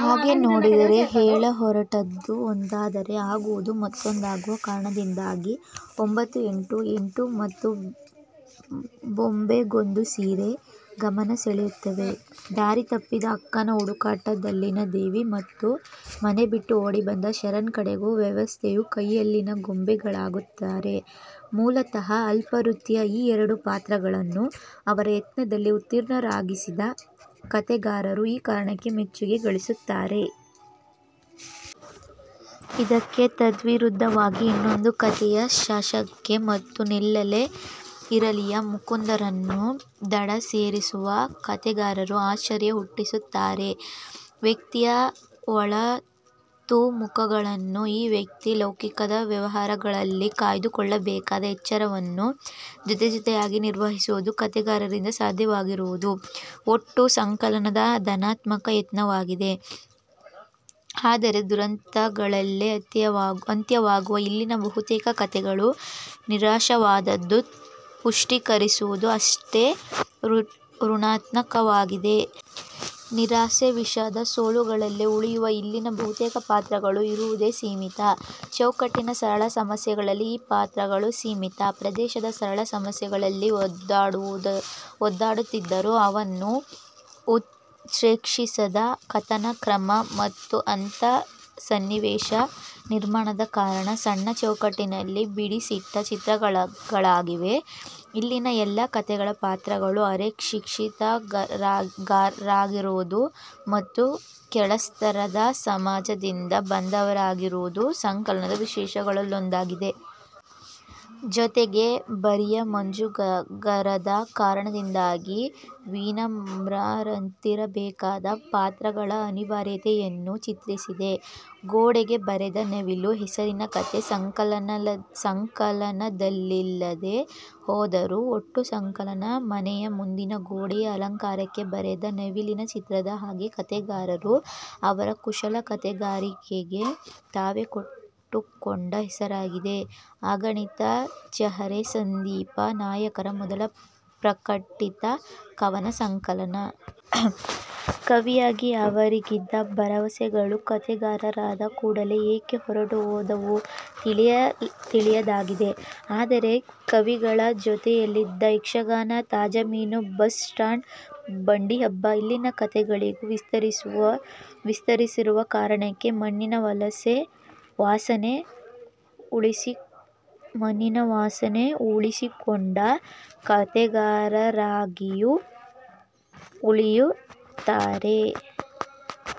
ಹಾಗೆ ನೋಡಿದರೆ ಹೇಳಹೊರಟದ್ದು ಒಂದಾದರೆ ಆಗುವುದು ಮತ್ತೊಂದಾಗುವ ಕಾರಣದಿಂದಾಗಿ 'ಒಂಭತ್ತು, ಎಂಟು, ಎಂಟು' ಮತ್ತು'ಬೊಂಬೆಗೊಂದು ಸೀರೆ' ಗಮನ ಸೆಳೆಯುತ್ತವೆ. ದಾರಿ ತಪ್ಪಿದ ಅಕ್ಕನ ಹುಡುಕಾಟದಲ್ಲಿನ ದೇವಿ ಮತ್ತು ಮನೆ ಬಿಟ್ಟು ಓಡಿ ಬಂದ ಶರಣ್ ಕಡೆಗೂ ವ್ಯವಸ್ಥೆಯ ಕೈಯಲ್ಲಿನ ಗೊಂಬೆಗಳಾಗುತ್ತಾರೆ. ಮೂಲತಃ ಅಲ್ಪತೃಪ್ತಿಯ ಈ ಎರಡೂ ಪಾತ್ರಗಳನ್ನೂ ಅವರ ಯತ್ನದಲ್ಲಿ ಉತ್ತೀರ್ಣರನ್ನಾಗಿಸದ ಕತೆಗಾರರು ಆ ಕಾರಣಕ್ಕೇ ಮೆಚ್ಚುಗೆ ಗಳಿಸುತ್ತಾರೆ. ಇದಕ್ಕೆ ತದ್ವಿರುದ್ಧವಾಗಿ 'ಇನ್ನೊಂದೇ ಕಥೆ'ಯ ಶಶಕ್ಕ ಮತ್ತು 'ನಿನ್ನಲ್ಲೇ ಇರಲಿ'ಯ ಮುಕುಂದರನ್ನು ದಡ ಸೇರಿಸುವ ಕತೆಗಾರರು ಆಶ್ಚರ್ಯ ಹುಟ್ಟಿಸುತ್ತಾರೆ. ವ್ಯಕ್ತಿಯ ಒಳತುಮುಲಗಳನ್ನು ಆ ವ್ಯಕ್ತಿ ಲೌಕಿಕದ ವ್ಯವಹಾರಗಳಲ್ಲಿ ಕಾಯ್ದುಕೊಳ್ಳಬೇಕಾದ ಎಚ್ಚರವನ್ನೂ ಜೊತೆಜೊತೆಯಾಗಿ ನಿರ್ವಹಿಸುವುದು ಕತೆಗಾರರಿಂದ ಸಾಧ್ಯವಾಗಿರುವುದು ಒಟ್ಟೂ ಸಂಕಲನದ ಧನಾತ್ಮಕ ಯತ್ನವಾಗಿದೆ. ಆದರೆ ದುರಂತಗಳಲ್ಲೇ ಅಂತ್ಯವಾಗುವ ಇಲ್ಲಿನ ಬಹುತೇಕ ಕತೆಗಳು ನಿರಾಶವಾದವನ್ನು ಪುಷ್ಟೀಕರಿಸುವುದು ಅಷ್ಟೇ ಋಣಾತ್ನಕವಾಗಿದೆ. ನಿರಾಶೆ, ವಿಷಾದ, ಸೋಲುಗಳಲ್ಲೇ ಉಳಿಯುವ ಇಲ್ಲಿನ ಬಹುತೇಕ ಪಾತ್ರಗಳು ಇರುವುದೇ ಸೀಮಿತ ಚೌಕಟ್ಟಿನ ಸರಳ ಸಮಸ್ಯೆಗಳಲ್ಲಿ. ಈ ಪಾತ್ರಗಳು ಸೀಮಿತ ಪ್ರದೇಶದ ಸರಳ ಸಮಸ್ಯೆಗಳಲ್ಲಿ ಒದ್ದಾಡುತ್ತಿದ್ದರೂ ಅವನ್ನು ಉತ್ಪ್ರೇಕ್ಷಿಸದ ಕಥನ ಕ್ರಮ ಮತ್ತು ಅಂಥ ಸನ್ನಿವೇಶ ನಿರ್ಮಾಣದ ಕಾರಣ ಸಣ್ಣ ಚೌಕಟ್ಟಿನಲ್ಲಿ ಬಿಡಿಸಿಟ್ಟ ಚಿತ್ರಗಳಾಗಿವೆ. ಇಲ್ಲಿನ ಎಲ್ಲ ಕತೆಗಳ ಪಾತ್ರಗಳೂ ಅರೆಶಿಕ್ಷಿತರಾಗಿರುವುದು ಮತ್ತು ಕೆಳಸ್ತರದ ಸಮಾಜದಿಂದ ಬಂದವರಾಗಿರುವುದೂ ಸಂಕಲನದ ವಿಶೇಷಗಳಲ್ಲೊಂದಾಗಿದೆ. ಜೊತೆಗೇ ಬರಿಯ ಮುಜುಗರದ ಕಾರಣದಿಂದಾಗಿ ವಿನಮ್ರರಂತಿರಬೇಕಾದ ಪಾತ್ರಗಳ ಅನಿವಾರ್ಯತೆಯನ್ನೂ ಚಿತ್ರಿಸಿದೆ. 'ಗೋಡೆಗೆ ಬರೆದ ನವಿಲು' ಹೆಸರಿನ ಕತೆ ಸಂಕಲನದಲ್ಲಿಲ್ಲದೇ ಹೋದರೂ ಒಟ್ಟು ಸಂಕಲನ ಮನೆಯ ಮುಂದಿನ ಗೋಡೆಯ ಅಲಂಕಾರಕ್ಕೆ ಬರೆದ ನವಿಲಿನ ಚಿತ್ರದ ಹಾಗೆ ಕತೆಗಾರರು ಅವರ ಕುಶಲ ಕತೆಗಾರಿಕೆಗೆ ತಾವೇ ಕೊಟ್ಟುಕೊಂಡ ಹೆಸರಾಗಿದೆ. 'ಅಗಣಿತ ಚಹರೆ' ಸಂದೀಪ ನಾಯಕರ ಮೊದಲ ಪ್ರಕಟಿತ ಕವನ ಸಂಕಲನ. ಕವಿಯಾಗಿ ಅವರಿಗಿದ್ದ ಭರವಸೆಗಳು ಕತೆಗಾರರಾದ ಕೂಡಲೇ ಏಕೆ ಹೊರಟುಹೋದವೋ ತಿಳಿಯದಾಗಿದೆ. ಆದರೆ ಕವಿತೆಗಳ ಜೊತೆಯಲ್ಲಿದ್ದ ಯಕ್ಷಗಾನ, ತಾಜಾ ಮೀನು, ಬಸ್ ಸ್ಟಾಂಡು, ಬಂಡಿಹಬ್ಬ ಇಲ್ಲಿನ ಕತೆಗಳಿಗೂ ವಿಸ್ತರಿಸಿರುವ ಕಾರಣಕ್ಕೆ 'ಮಣ್ಣಿನ ವಾಸನೆ'ಉಳಿಸಿಕೊಂಡ ಕತೆಗಾರರಾಗಿಯೂ ಉಳಿಯುತ್ತಾರೆ.